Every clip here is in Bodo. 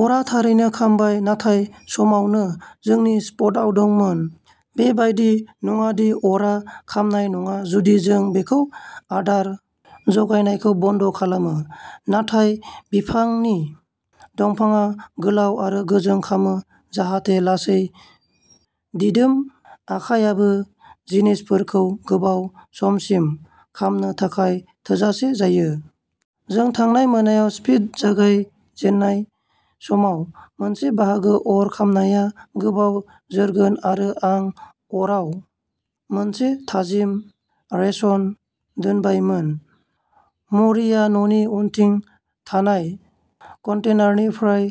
अरआ थारैनो खामबाय नाथाय समावनो जोंनि शिफ्टआव दंमोन। बेबादि नङादि अरआ खामनाय नङा जुदि जों बेखौ आदार जगायनायखौ बन्द' खालामो। नाथाय बिफांनि दंफांआ गोलाव आरो गोजों खामो जाहाथे लासै दिदोम आखायआबो जिनिसफोरखौ गोबाव समसिम खामनो थाखाय थोजासे जायो। जों थांनाय मोनायाव स्फिट जागाय जेननाय समाव मोनसे बाहागो अर खामनाया गोबाव जोरगोन आरो आं अराव मोनसे थाजिम रेशन दोनबायमोन। म'रिआ न'नि उनथिं थानाय कन्टेनारनिफ्राय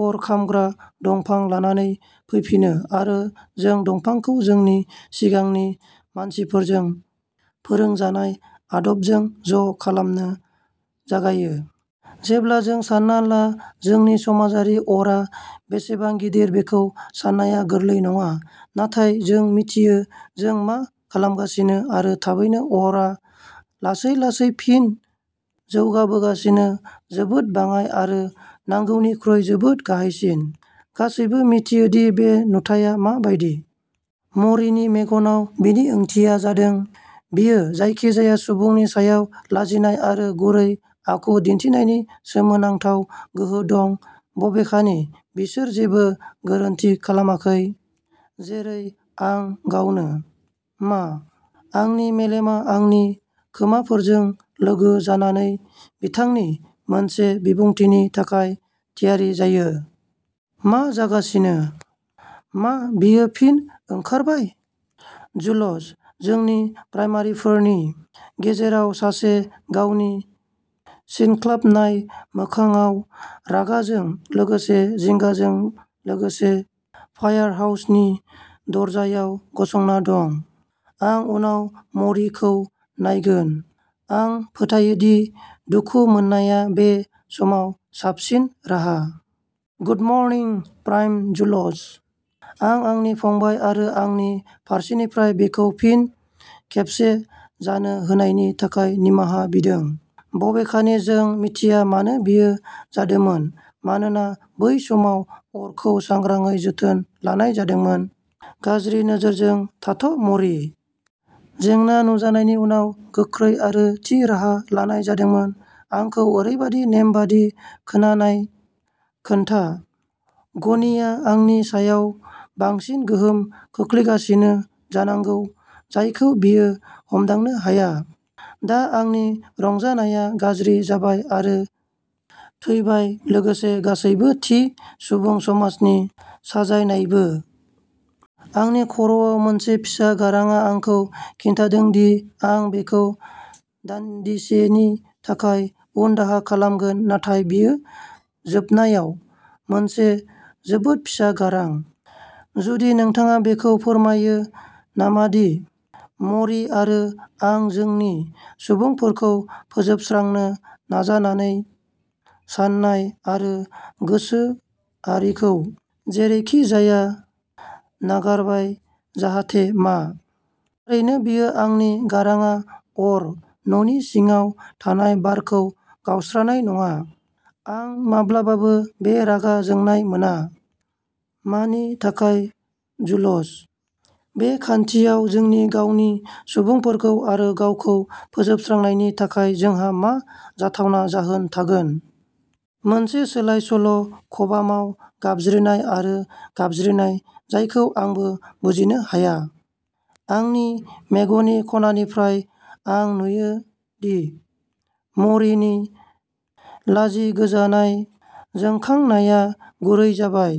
अर खामग्रा दंफां लानानै फैफिनो आरो जों दंफांखौ जोंनि सिगांनि मानसिफोरजों फोरोंजानाय आदबजों ज' खालामनो जागायो। जेब्ला नों सान्ना ला जोंनि समाजारि अरआ बेसेबां गिदिर बेखौ साननाया गोरलै नङा। नाथाय जों मिथियो जों मा खालामगासिनो आरो थाबैनो अरआ लासै-लासै फिन जौगाबोगासिनो जोबोद बाङाइ आरो नांगौनिख्रुइ जोबोद गाहायसिन। गासैबो मिथियोदि बे नुथाया मा बायदि। म'रीनि मेगनाव बेनि ओंथिया जादों। बियो जायखिजाया सुबुंनि सायाव लाजिनाय आरो गुरै आखु दिन्थिनायनि सोमोनांथाव गोहो दं बबेखानि बिसोर जेबो गोरोन्थि खालामाखै। जेरै आं गावनो। मा? आंनि मेलेमआ आंनि खोमाफोरजों लोगो जानानै बिथांनि मोनसे बिबुंथिनि थाखाय थियारि जायो। मा जागासिनो? मा बेयो फिन ओंखारबाय? जुल'स जोंनि प्राइमारिफोरनि गेजेराव सासे गावनि सिनख्लाबनाय मोखांआव रागाजों लोगोसे जिंगाजों लोगोसे फायारहाउसनि दरजायाव गसंना दं। आं उनाव म'रीखौ नायगोन। आं फोथायोदि दुखु मोननाया बे समाव साबसिन राहा। गुड मर्निं प्राइम जुल'स। आं आंनि फंबाय आरो आंनि फारसेनिफ्राय बेखौ फिन खेबसे जानो होनायनि थाखाय निमाहा बिदों। बबेखानि जों मिथिया मानो बेयो जादोंमोन मानोना बै समाव अरखौ सांग्राङै जोथोन लानाय जादोंमोन। गाज्रि नोजोरजों थाथ म'री। जेंना नुजानायनि उनाव गोख्रै आरो थि राहा लानाय जादोंमोन। आंखौ ओरैबादि नेमबादि खोनानाय खोनथा। गनिया आंनि सायाव बांसिन गोहोम खोख्लैगासिनो जानांगौ जायखौ बियो हमदांनो हाया। दा आंनि रंजानायआ गाज्रि जाबाय आरो थैबाय लोगोसे गासैबो थि सुबुं समाजनि साजायनायबो। आंनि खर'आव मोनसे फिसा गारांआ आंखौ खिन्थिदोंदि आं बेखौ दानदिसेनि थाखाय उनदाहा खालामगोन नाथाय बेयो जोबनायाव मोनसे जोबोद फिसा गारां। जुदि नोंथाङा बेखौ फोरमायो नामादि मरि आरो आं जोंनि सुबुंफोरखौ फोजोबस्रांनो नाजानानै साननाय आरो गोसोआरिखौ जेरैखिजाया नागारबाय, जाहाथे मा? थारैनो बेयो आंनि गारांआ अर न'नि सिङाव थानाय बारखौ गावस्रानाय नङा। आं माब्लाबाबो बे रागा जोंनाय मोना। मानि थाखाय जुल'स? बे खान्थियाव जोंनि गावनि सुबुंफोरखौ आरो गावखौ फोजोबस्रांनायनि थाखाय जोंहा मा जाथावना जाहोन थागोन? मोनसे सोलायसोल' खबामाव गाबज्रिनाय आरो गाबज्रिनाय जायखौ आंबो बुजिनो हाया। आंनि मेगननि ख'ननिफ्राय आं नुयोदि मरिनि लाजिगोजानाय जोंखांनाया गुरै जाबाय।